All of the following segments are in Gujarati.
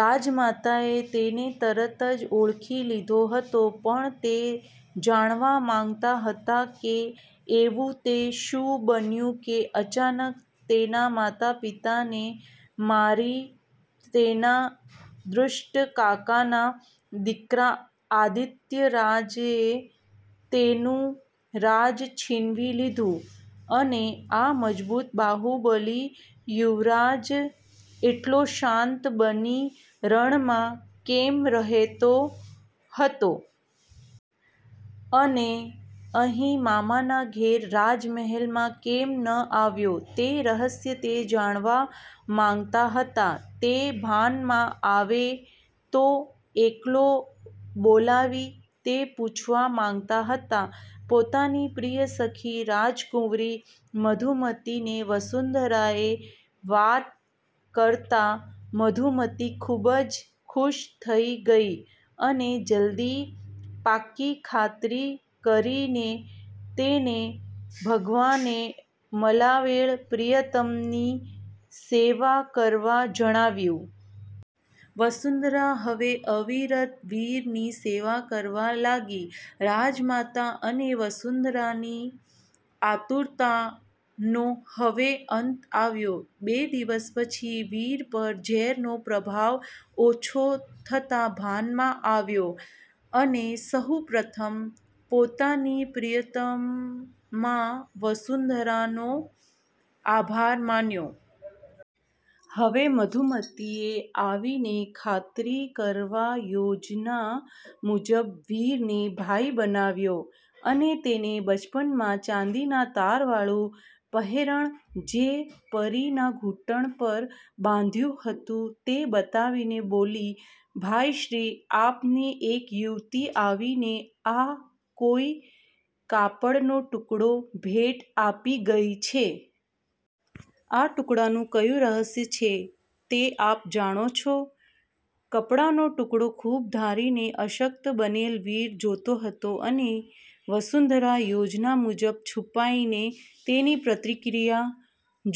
રાજમાતાએ તેને તરત જ ઓળખી લીધો હતો પણ તે જાણવાં માગતાં હતાં કે એવું તે શું બન્યું કે અચાનક તેનાં માતાપિતાને મારી તેનાં દુષ્ટ કાકાના દીકરા આદિત્યરાજે તેનું રાજ છીનવી લીધું? અને આ મજબૂત બાહુબલી યુવરાજ એટલો શાંત બની રણમાં કેમ રહેતો હતો? અને અહીં મામાનાં ઘેર રાજમહેલમાં કેમ ન આવ્યો? તે રહસ્ય તે જાણવાં માગતાં હતાં. તે ભાનમાં આવે તો એકલો બોલાવી તે પૂછવા માગતાં હતાં. પોતાની પ્રિય સખી રાજકુંવરી મધુમતીને વસુંધરાએ વાત કરતાં મધુમતી ખુબ જ ખુશ થઈ ગયી અને જલ્દી પાકી ખાતરી કરીને તેને ભગવાને મલાવેલ પ્રિયતમની સેવા કરવા જણાવ્યું. વસુંધરા હવે અવિરત વીરની સેવા કરવા લાગી. રાજમાતાં અને વસુંધરાની આતુરતાનો હવે અંત આવ્યો. બે દિવસ પછી વીર પર ઝેરનો પ્રભાવ ઓછો થતાં ભાનમાં આવ્યો, અને સહુ પ્રથમ પોતાની પ્રિયતમા વસુંધરાનો આભાર માન્યો. હવે મધુમતીએ આવીને ખાતરી કરવા યોજના મુજબ વીરને ભાઈ બનાવ્યો, અને તેને બચપણમાં ચાંદીના તારવાળું પહેરણ જે પરીના ઘૂંટણ પર બાંધ્યું હતું તે બતાવીને બોલી,"ભાઈ શ્રી આપને એક યુવતી આવીને આ કોઈ કાપડનો ટુકડો ભેટ આપી ગઈ છે? આ ટુકડાનું ક્યુ રહસ્ય છે તે આપ જાણો છો.?" કપડાનો ટુકડો ખુબ ધારીને અશક્ત બનેલ વીર જોતો હતો અને વસુંધરા યોજના મુજબ છુપાઈને તેની પ્રતિક્રિયા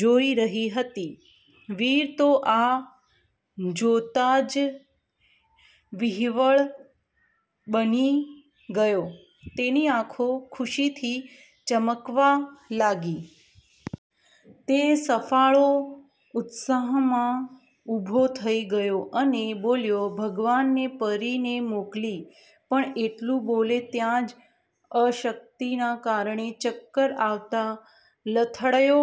જોઈ રહી હતી. વીર તો આ જોતાં જ વિહવળ બની ગયો, તેની આંખો ખુશીથી ચમકવવાં લાગી. તે સફાળો ઉત્સાહમાં ઊભો થઈ ગયો અને બોલ્યો,"ભગવાને પરીને મોકલી." પણ એટલું બોલે ત્યાં જ અશક્તિનાં કારણે ચક્કર આવતાં લથડ્યો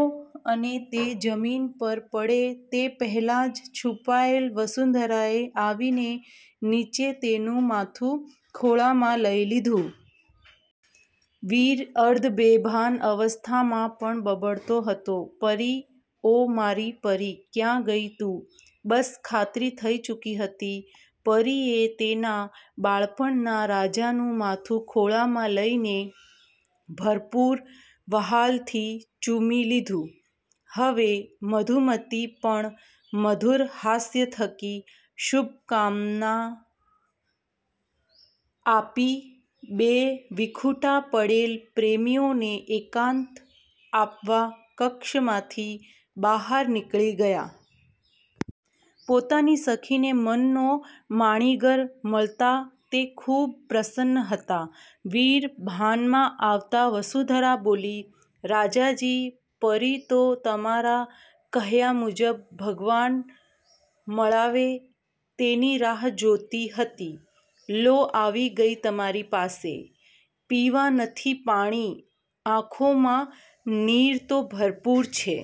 અને તે જમીન પર પડે તે પહેલાં જ છુપાયેલ વસુંધરાએ આવીને નીચે તેનું માથું ખોળામાં લઈ લીધું. વીર અર્ધબેભાન અવસ્થામાં પણ બબડતો હતો,"પરી, ઓ મારી પરી, ક્યાં ગઈ તું?" બસ ખાતરી થઈ ચુકી હતી. પરીએ તેનાં બાળપણનાં રાજાનું માથું ખોળામાં લઇને ભરપૂર વ્હાલથી ચૂમી લીધું. હવે મધુમતી પણ મધુર હાસ્ય થકી શુભકામનાં આપી બે વિખુટા પડેલ પ્રેમીઓને એકાંત આપવા કક્ષમાંથી બહાર નીકળી ગયાં. પોતાની સખીને મનનો માણીગર મળતાં તે ખુબ પ્રસન્ન હતાં. વીર ભાનમાં આવતાં વસુંધરા બોલી,"રાજાજી, પરી તો તમારાં કહ્યાં મુજબ ભગવાન મળાવે તેની રાહ જોતી હતી. લો આવી ગઈ તમારી પાસે. "પીવા નથી પાણી, આંખોમાં નીર તો ભરપૂર છે.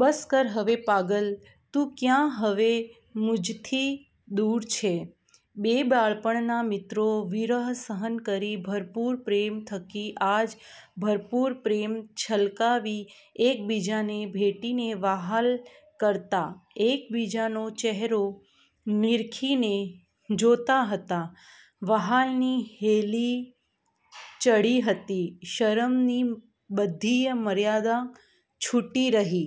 બસ કર હવે પાગલ, તું ક્યાં હવે મુજથી દુર છે." બે બાળપણનાં મિત્રો વિરહ સહન કરી ભરપૂર પ્રેમ થકી આજ ભરપૂર પ્રેમ છલકાવી એક બીજાને ભેટીને વહાલ કરતાં એકબીજાનો ચેહરો નીરખીને જોતાં હતાં. વ્હાલની હેલી ચડી હતી. શરમની બધીય મર્યાદા છૂટી રહી